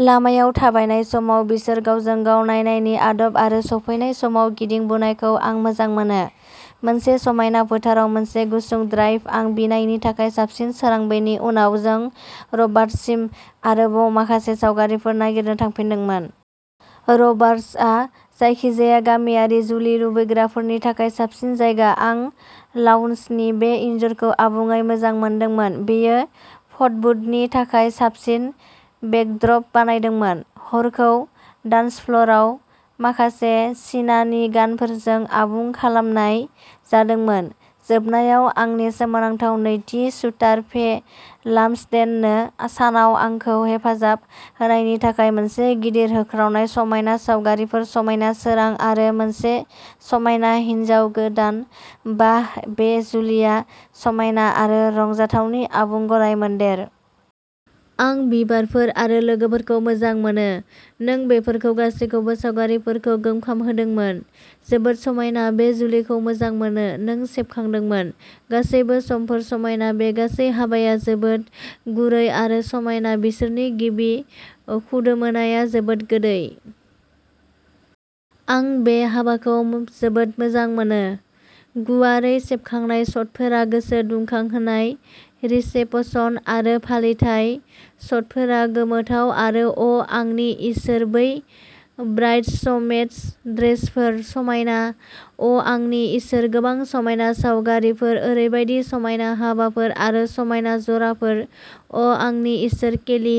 लामायाव थाबायनाय समाव बिसोर गावजों-गाव नायनायनि आदब आरो सफैनाय समाव गिदिं बुनायखौ आं मोजां मोनो। मोनसे समायना फोथाराव मोनसे गुसुं ड्राइभ आं बिनायनि थाखाय साबसिन सोरां बेनि उनाव जों रबार्ट्ससिम आरोबाव माखासे सावगारिफोर नागिरनो थांफिनदोंमोन। रबार्ट्सआ जायखिजाया गामियारि जुलि लुबैग्राफोरनि थाखाय साबसिन जायगा आं लाउन्जनि बे इनजुरखौ आबुङै मोजां मोनदोंमोन बेयो फटबुथनि थाखाय साबसिन बेकद्रब बानायदोंमोन। हरखौ डान्सफ्ल'राव माखासे सिनानिगानफोरजों आबुं खालामनाय जादोंमोन। जोबनायाव आंनि सोमोनांथाव नैथि शूटार फे लाम्सडेननो सानाव आंखौ हेफाजाब होनायनि थाखाय मोनसे गिदिर होख्रावनाय समायना सावगारिफोर समायना सोरां आरो मोनसे समायना हिन्जाव गोदान बाह बे जुलिया समायना आरो रंजाथावनि आबुं गलायमोन्देर! आं बिबारफोर आरो लोगोफोरखौ मोजां मोनो नों बेफोर गासैबो सावगारिफोरखौ गोमखांहोदोंमोन। जोबोद समायना बे जुलिखौ मोजां मोनो नों सेबखांदोंमोन। गासैबो समफोर समायना बे गासै हाबाया जोबोद गुरै आरो समायना बिसोरनि गिबि खुदुमोनाया जोबोद गोदै। आं बे हाबाखौ जोबोद मोजां मोनो। गुवारै सेबखांनाय शटफोरा गोसो दुंखांहोनाय रिसेपसन आरो फालिथाय शटफोरा गोमोथाव आरो अ आंनि इसोर बै ब्राइड्समेड्स ड्रेसफोर समायना अआंनि इसोर गोबां समायना सावगारिफोर ओरैबायदि समायना हाबाफोर आरो समायना जराफोर अआंनि इसोर केली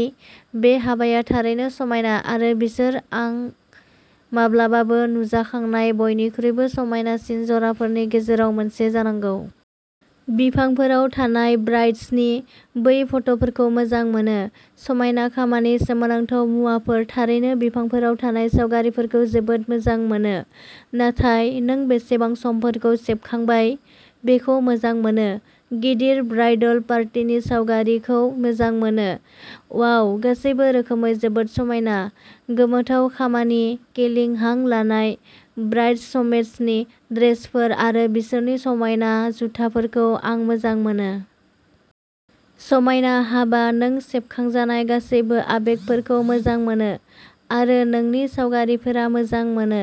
बे हाबाया थारैनो समायना आरो बिसोर आं माब्लाबाबो नुजाखांनाय बयनिख्रुइबो समायनासिन जराफोरनि गेजेराव मोनसे जानांगौ। बिफांफोराव थानाय ब्राइड्सनि बै फट'फोरखौ मोजां मोनो। समायना खामानि सोमोनांथाव मुवाफोर थारैनो बिफांफोराव थानाय सावगारिफोरखौ जोबोद मोजां मोनो। नाथाय नों बेसेबां समफोरखौ सेबखांबाय बेखौ मोजां मोनो। गिदिर ब्राइडल पार्टिनि सावगारिखौ मोजां मोनो वाव गासैबो रोखोमै जोबोद समायना गोमोथाव खामानि केली हां लानाय ब्राइड्समेड्सनि ड्रेसफोर आरो बिसोरनि समायना जुथाफोरखौ आं मोजां मोनो। समायना हाबा नों सेबखांजानाय गासैबो आबेगफोरखौ मोजां मोनो आरो नोंनि सावगारिफोरा मोजां मोनो।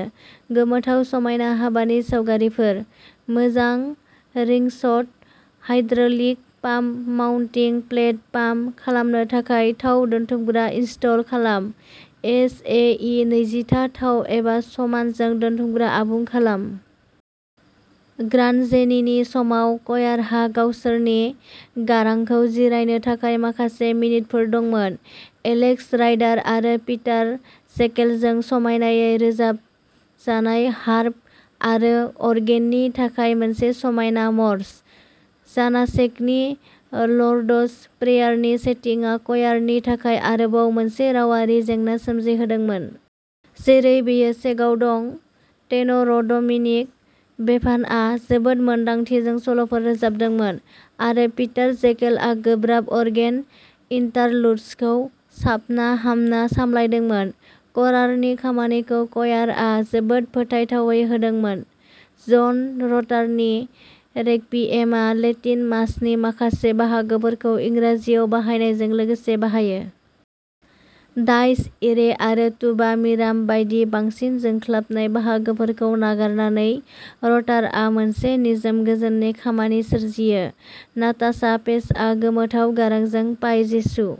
गोमोथाव समायना हाबानि सावगारिफोर। मोजां रिंशट hydraulic pump mounting plate pump खालामनो थाखाय थाव दोनथुमग्रा इनस्टल खालाम। एस ए इ नैजिथा थाव एबा समानजों दोनथुमग्रा आबुं खालाम। ग्रान्डजेनिनि समाव कयारहा गावसोरनि गारांखौ जिरायनो थाखाय माखासे मिनिटफोर दंमोन, एलेक्स राइडार आरो पिटार जेकेलजों समायनायै रोजाबजानाय हार्प आरो अर्गेननि थाखाय मोनसे समायना मर्स'। जानासेकनि लर्ड'स प्रेयारनि सेटिंआ कयारनि थाखाय आरोबाव मोनसे रावारि जेंना सोमजिहोदोंमोन। जेरै बेयो चेकआव दं। टेन'र ड'मिनिक बेभानआ जोबोद मोन्दांथिजों सल'फोर रोजाबदोंमोन आरो पिटार जेकेलआ गोब्राब अर्गेन इन्टारलुड्सखौ साबना-हामना सामलायदोंमोन। क'रारनि खामानिखौ क'यारआ जोबोद फोथायथावै होदोंमोन। जन रटारनि रेक्विएमआ लेटिन मासनि माखासे बाहागोफोरखौ इंराजियाव बाहायनायजों लोगोसे बाहायो। डाइस इरे आरो तुबा मिराम बायदि बांसिन जोंख्लाबनाय बाहागोफोरखौ नागारनानै रटारआ मोनसे निजोम गोजोननि खामानि सोरजियो। नाताशा पेजआ गोमोथाव गारांजों पाइ जेसु